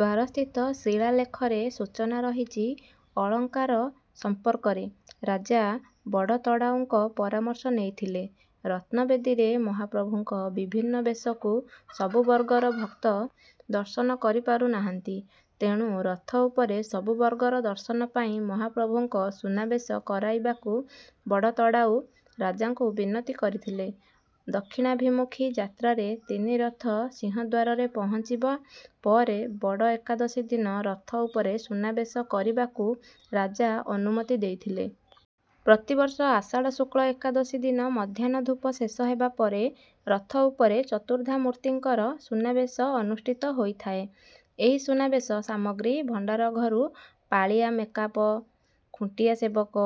ଦ୍ୱାରସ୍ଥିତ ଶିଳାଲେଖରେ ସୂଚନା ରହିଚିଟ। ଅଳଙ୍କାର ସମ୍ପର୍କରେ ରାଜା ବଡ଼ତଢ଼ାଉଙ୍କ ପରାମର୍ଶ ନେଇଥିଲେ। ରତ୍ନବେଦିରେ ମହାପ୍ରଭୁଙ୍କ ବିଭିନ୍ନ ବେଶକୁ ସବୁବର୍ଗର ଭକ୍ତ ଦର୍ଶନ କରି ପାରୁନାହାନ୍ତି, ତେଣୁ ରଥ ଉପରେ ସବୁବର୍ଗର ଦର୍ଶନ ପାଇଁ ମହାପ୍ରଭୁଙ୍କ ସୁନାବେଶ କରେଇବାକୁ ବଡ଼ତଢ଼ାଉ ରାଜାଙ୍କୁ ବିନତି କରିଥିଲେ। ଦକ୍ଷିଣାଭିମୁଖୀ ଯାତ୍ରାରେ ତିନି ରଥ ସିଂହଦ୍ୱାରରେ ପହଞ୍ଚିବ ପରେ ବଡ଼ ଏକାଦଶୀ ଦିନ ରଥ ଉପରେ ସୁନାବେଶ କରିବାକୁ ରାଜା ଅନୁମତି ଦେଇଥିଲେ। ପ୍ରତିବର୍ଷ ଆଷାଢ଼ ଶୁକ୍ଳ ଏକାଦଶୀ ଦିନ ମଧ୍ୟାହ୍ନ ଧୂପ ଶେଷ ହେବା ପରେ ରଥ ଉପରେ ଚତୁର୍ଦ୍ଧାମୂର୍ତ୍ତିଙ୍କର ସୁନା ବେଶ ଅନୁଷ୍ଠିତ ହୋଇଥାଏ। ଏହି ସୁନା ବେଶ ସାମଗ୍ରୀ ଭଣ୍ଡାର ଘରୁ ପାଳିଆ ମେକାପ, ଖୁଣ୍ଟିଆ ସେବକ,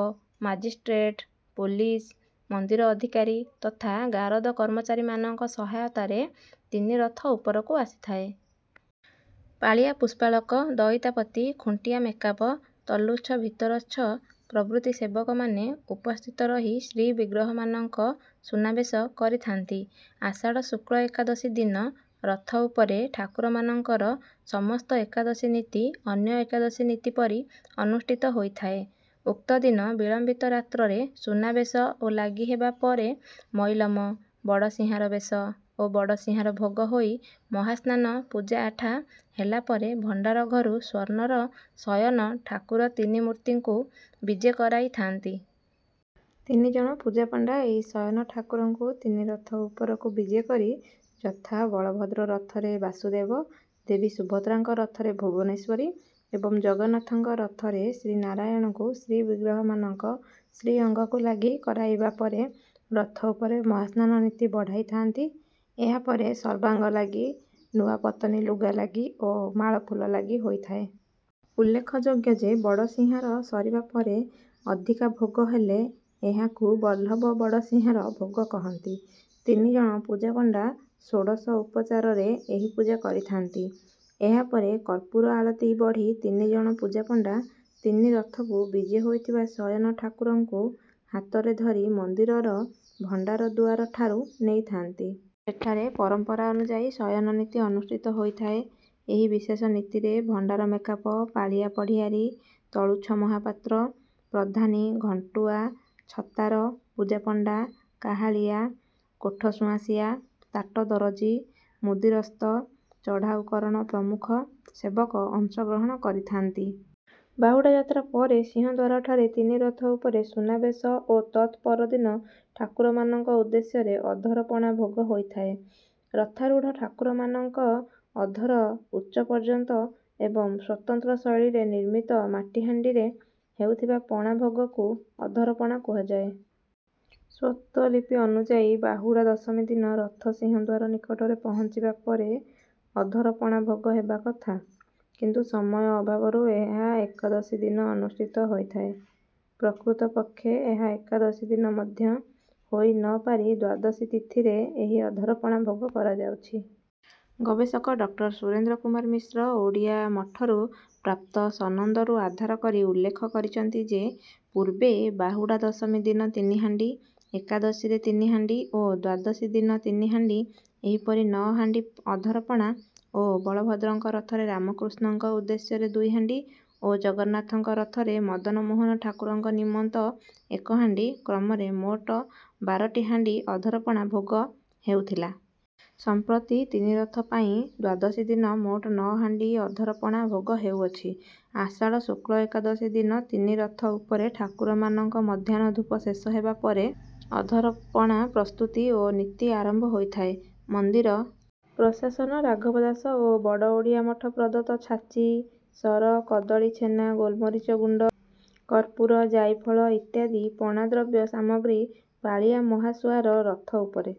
ମାଜିଷ୍ଟ୍ରେଟ, ପୋଲିସ, ମନ୍ଦିର ଅଧିକାରୀ ତଥା ଗାରଦ କର୍ମଚାରୀମାନଙ୍କ ସହାୟତାରେ ତିନି ରଥ ଉପରକୁ ଆସିଥାଏ। ପାଳିଆ ପୁଷ୍ପାଳକ, ଦଇତାପତି, ଖୁଣ୍ଟିଆ ମେକାପ, ତଳୁଚ୍ଛ, ଭିତରଚ୍ଛ ପ୍ରଭୃତି ସେବକମାନେ ଉପସ୍ଥିତ ରହି ଶ୍ରୀବିଗ୍ରହମାନଙ୍କ ସୁନାବେଶ କରିଥାନ୍ତି। ଆଷାଢ଼ ଶୁକ୍ଳ ଏକାଦଶୀ ଦିନ ରଥ ଉପରେ ଠାକୁରମାନଙ୍କର ସମସ୍ତ ଏକାଦଶୀ ନୀତି ଅନ୍ୟ ଏକାଦଶୀ ନୀତି ପରି ଅନୁଷ୍ଠିତ ହୋଇଥାଏ। ଉକ୍ତଦିନ ବିଳମ୍ବିତ ରାତ୍ରରେ ସୁନାବେଶ ଓଲାଗି ହେବାପରେ ମଇଲମ, ବଡ଼ସିଂହାର ବେଶ ଓ ବଡ଼ସିଂହାର ଭୋଗ ହୋଇ ମହାସ୍ନାନ, ପୂଜା ଠା' ହେଲା ପରେ ଭଣ୍ଡାର ଘରୁ ସ୍ୱର୍ଣ୍ଣର ଶୟନ ଠାକୁର ତିନି ମୂର୍ତ୍ତିଙ୍କୁ ବିଜେ କରାଇଥାନ୍ତି। ତିନିଜଣ ପୂଜାପଣ୍ଡା ଏହି ଶୟନ ଠାକୁରଙ୍କୁ ତିନି ରଥ ଉପରକୁ ବିଜେ କରି ଯଥା ବଳଭଦ୍ର ରଥରେ ବାସୁଦେବ, ଦେବୀ ସୁଭଦ୍ରାଙ୍କ ରଥରେ ଭୁବନେଶ୍ୱରୀ ଏବଂ ଜଗନ୍ନାଥଙ୍କ ରଥରେ ଶ୍ରୀନାରାୟଣଙ୍କୁ ଶ୍ରୀବିଗ୍ରହମାନଙ୍କ ଶ୍ରୀଅଙ୍ଗକୁ ଲାଗି କରାଇବା ପରେ ରଥ ଉପରେ ମହାସ୍ନାନ ନୀତି ବଢ଼ାଇଥାନ୍ତି। ଏହାପରେ ସର୍ବାଙ୍ଗ ଲାଗି, ନୂଆ ପତନି ଲୁଗା ଲାଗି ଓ ମାଳଫୁଲ ଲାଗି ହୋଇଥାଏ। ଉଲ୍ଲେଖଯୋଗ୍ୟ ଯେ, ବଡ଼ସିଂହାର ସରିବା ପରେ ଅଧିକା ଭୋଗ ହେଲେ ଏହାକୁ ବଲ୍ଲଭ ବଡ଼ସିଂହାର ଭୋଗ କହନ୍ତି। ତିନିଜଣ ପୂଜାପଣ୍ଡା ଷୋଡ଼ଶ ଉପଚାରରେ ଏହି ପୂଜା କରିଥାନ୍ତି। ଏହାପରେ କର୍ପୂର ଆଳତି ବଢ଼ି ତିନିଜଣ ପୂଜାପଣ୍ଡା ତିନି ରଥକୁ ବିଜେ ହୋଇଥିବା ଶୟନ ଠାକୁରଙ୍କୁ ହାତରେ ଧରି ମନ୍ଦିରର ଭଣ୍ଡାର ଦୁଆର ଠାରୁ ନେଇଥାନ୍ତି। ସେଠାରେ ପରମ୍ପରା ଅନୁଯାୟୀ ଶୟନ ନୀତି ଅନୁଷ୍ଠିତ ହୋଇଥାଏ। ଏହି ବିଶେଷ ନୀତିରେ ଭଣ୍ଡାର ମେକାପ, ପାଳିଆ ପଢ଼ିଆରୀ, ତଳୁଚ୍ଛ ମହାପାତ୍ର, ପ୍ରଧାନୀ, ଘଣ୍ଟୁଆ, ଛତାର, ପୂଜାପଣ୍ଡା, କାହାଳିଆ, କୋଠ ସୁଆଁସିଆ, ତାଟ ଦରଜି, ମୁଦିରସ୍ତ, ତଢ଼ାଉ କରଣ ପ୍ରମୁଖ ସେବକ ଅଂଶ ଗ୍ରହଣ କରିଥାନ୍ତି। ବାହୁଡ଼ା ଯାତ୍ରା ପରେ ସିଂହଦ୍ୱାରଠାରେ ତିନି ରଥ ଉପରେ ସୁନାବେଶ ଓ ତତ୍ ପରଦିନ ଠାକୁରମାନଙ୍କ ଉଦ୍ଦେଶ୍ୟରେ ଅଧର ପଣା ଭୋଗ ହୋଇଥାଏ। ରଥାରୂଢ଼ ଠାକୁରମାନଙ୍କ ଅଧର ଉଚ୍ଚ ପର୍ଯ୍ୟନ୍ତ ଏବଂ ସ୍ୱତନ୍ତ୍ର ଶୈଳୀରେ ନିର୍ମିତ ମାଟି ହାଣ୍ଡିରେ ହେଉଥିବା ପଣା ଭୋଗକୁ ଅଧର ପଣା କୁହାଯାଏ। ସ୍ୱତ୍ତ୍ୱଲିପି ଅନୁଯାୟୀ ବାହୁଡ଼ା ଦଶମୀ ଦିନ ରଥ ସିଂହଦ୍ୱାର ନିକଟରେ ପହଞ୍ଚିବା ପରେ ଅଧର ପଣା ଭୋଗ ହେବା କଥା। କିନ୍ତୁ ସମୟ ଅଭାବରୁ ଏହା ଏକାଦଶୀ ଦିନ ଅନୁଷ୍ଠିତ ହୋଇଥାଏ। ପ୍ରକୃତ ପକ୍ଷେ ଏହା ଏକାଦଶୀ ଦିନ ମଧ୍ୟ ହୋଇ ନ ପାରି ଦ୍ୱାଦଶୀ ତିଥିରେ ଏହି ଅଧର ପଣା ଭୋଗ କରାଯାଉଛି। ଗବେଷକ ଡଃ ସୁରେନ୍ଦ୍ର କୁମାର ମିଶ୍ର ଓଡ଼ିଆ ମଠରୁ ପ୍ରାପ୍ତ ସନନ୍ଦକୁ ଆଧାର କରି ଉଲ୍ଲେଖ କରିଚନ୍ତି ଯେ, ପୂର୍ବେ ବାହୁଡ଼ା ଦଶମୀ ଦିନ ତିନି ହାଣ୍ଡି, ଏକାଦଶୀରେ ତିନି ହାଣ୍ଡି ଓ ଦ୍ୱାଦଶୀ ଦିନ ତିନି ହାଣ୍ଡି ଏହିପରି ନଅ ହାଣ୍ଡି ଅଧର ପଣା ଓ ବଳଭଦ୍ରଙ୍କ ରଥରେ ରାମ, କୃଷ୍ଣଙ୍କ ଉଦ୍ଦେଶ୍ୟରେ ଦୁଇ ହାଣ୍ଡି ଓ ଜଗନ୍ନାଥଙ୍କ ରଥରେ ମଦନମୋହନ ଠାକୁରଙ୍କ ନିମିତ୍ତ ଏକ ହାଣ୍ଡି କ୍ରମରେ ମୋଟ ବାର ଟି ହାଣ୍ଡି ଅଧର ପଣା ଭୋଗ ହେଉଥିଲା। ସମ୍ପ୍ରତି ତିନି ରଥ ପାଇଁ ଦ୍ୱାଦଶୀ ଦିନ ମୋଟ ନଅ ହାଣ୍ଡି ଅଧର ପଣା ଭୋଗ ହେଉଅଛି। ଆଷାଢ଼ ଶୁକ୍ଳ ଏକାଦଶୀ ଦିନ ତିନି ରଥ ଉପରେ ଠାକୁରମାନଙ୍କ ମଧ୍ୟାହ୍ନ ଧୂପ ଶେଷ ହେବା ପରେ ଅଧର ପଣା ପ୍ରସ୍ତୁତି ଓ ନୀତି ଆରମ୍ଭ ହୋଇଥାଏ। ମନ୍ଦିର ପ୍ରଶାସନ, ରାଘବ ଦାସ ଓ ବଡ଼ ଓଡ଼ିଆ ମଠ ପ୍ରଦତ୍ତ ଛାଚି, ସର, କଦଳୀ, ଛେନା, ଗୋଲମରିଚ ଗୁଣ୍ଡ, କର୍ପୂର, ଜାଇଫଳ ଇତ୍ୟାଦି ପଣା ଦ୍ରବ୍ୟ ସାମଗ୍ରୀ ପାଳିଆ ମହାସୁଆର ରଥ ଉପରେ